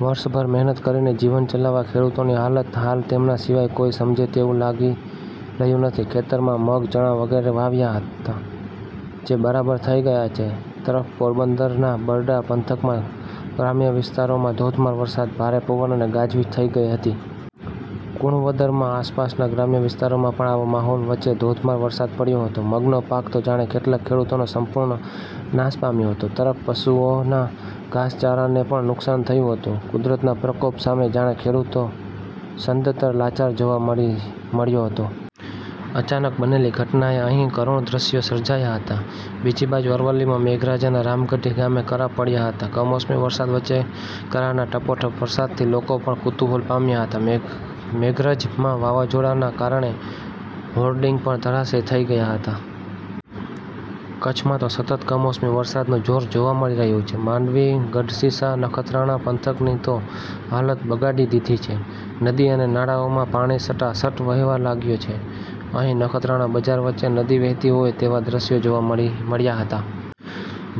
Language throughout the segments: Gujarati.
વર્ષભર મહેનત કરીને જીવન ચલાવતા ખેડૂતોની હાલત હાલ તેમના સિવાય કોઈ સમજે તેવું લાગી રહ્યું નથી. ખેતરમાં મગ, ચણા વગેરે વાવ્યા હતા જે બરબાદ થઈ ગયા છે. તરફ પોરબંદરના બરડા પંથકમાં ગ્રામ્ય વિસ્તારોમાં ધોધમાર વરસાદ, ભારે પવન અને ગાજવીજ થઈ ગઈ હતી. કુણવદરમાં આસપાસના ગ્રામ્ય વિસ્તારોમાં પણ આવા માહોલ વચ્ચેધોધમાર વરસાદ પડ્યો હતો. મગનો પાક તો જાણે કેટલાક ખેડૂતોનો સંપૂર્ણ નાશ પામ્યો હતો. તરફ પશુઓના ઘાસચારાને પણ નુકસાન થયું હતું. કુદરતના પ્રકોપ સામે જાણે ખેડૂત સદંતર લાચાર જોવા મળ્યો હતો. અચાનક બનેલીઘટનાએ અહીં કરુણ દ્રષ્યો સર્જ્યા હતા. બીજી બાજુ અરવલ્લીમાં મેઘરજના રામગઢી ગામે કરા પડ્યા હતા. કમોસમી વરસાદ વચ્ચે કરાના ટપોટપ વરસાદથી લોકો પણ કુતુહલ પામ્યા હતા. મેઘરજમાં વાવાઝોડાના કારણે હોર્ડિંગ પણ ધરાશાયી થઈ ગયા હતા. કચ્છમાં તો સતત કમોસમી વરસાદનું જોર જોવા મળી રહ્યું છે. માંડવી, ગઢશીશા, નખત્રાણા પંથકની તો હાલતબગાડી દીધી છે. નદી અને નાળાઓમાં પાણી સટાસટ વહેવા લાગ્યા છે. અહીં નખત્રાણા બજાર વચ્ચેનદી વહેતી હોય તેવા દ્રષ્યો જોવા મળ્યા હતા.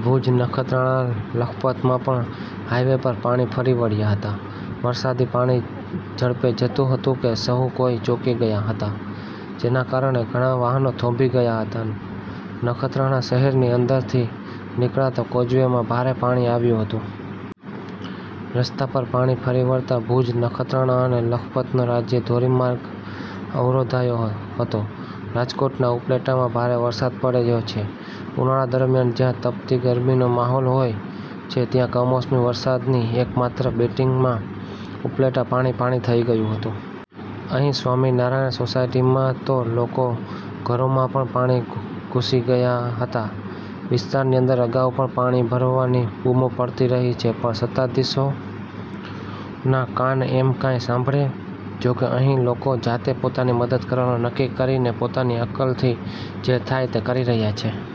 ભૂજ, નખત્રાણા, લખપતમાં પણ હાઈવે પર પાણી ફરી વળ્યા હતા. વરસાદી પાણીઝડપે જતું હતું કે સહુ કોઈ ચોંકી ગયા હતા. જેના કારણે ઘણા વાહનો થોભી ગયા હતા. નખત્રાણા શહેરની અંદરથી નીકળતા કોઝવેમાં ભારે પાણી આવ્યું હતું. રસ્તા પર પાણી ફરી વળતા ભુજ, નખત્રાણા અને લખપતનો રાજ્ય ધોરીમાર્ગ અવરોધાયો હતો. રાજકોટના ઉપલેટામાં ભારે વરસાદ પડ્યો છે. ઉનાળા દરમિયાન જ્યાં તપતી ગરમીનો માહોલ હોય છે ત્યાં કમોસમી વરસાદની એક માત્ર બેટિંગમાંઉપલેટા પાણી પાણી થઈ ગયું હતું. અહીં સ્વામિનારાયણ સોસાયટીમાં તો લોકોના ઘરોમાં પણ પાણી ઘૂસી ગયા હતા. વિસ્તારની અંદર અગાઉ પણ પાણી ભરાવાની બુમો પડતી રહી છે પણ સત્તાધિશોના કાન એમ કાંઈ સાંભળે? જોકે અહીં લોકો જાતેપોતાની મદદ કરવાનું નક્કી કરીને પોતાની અક્કલથી જે થાય તે કરી રહ્યા છે.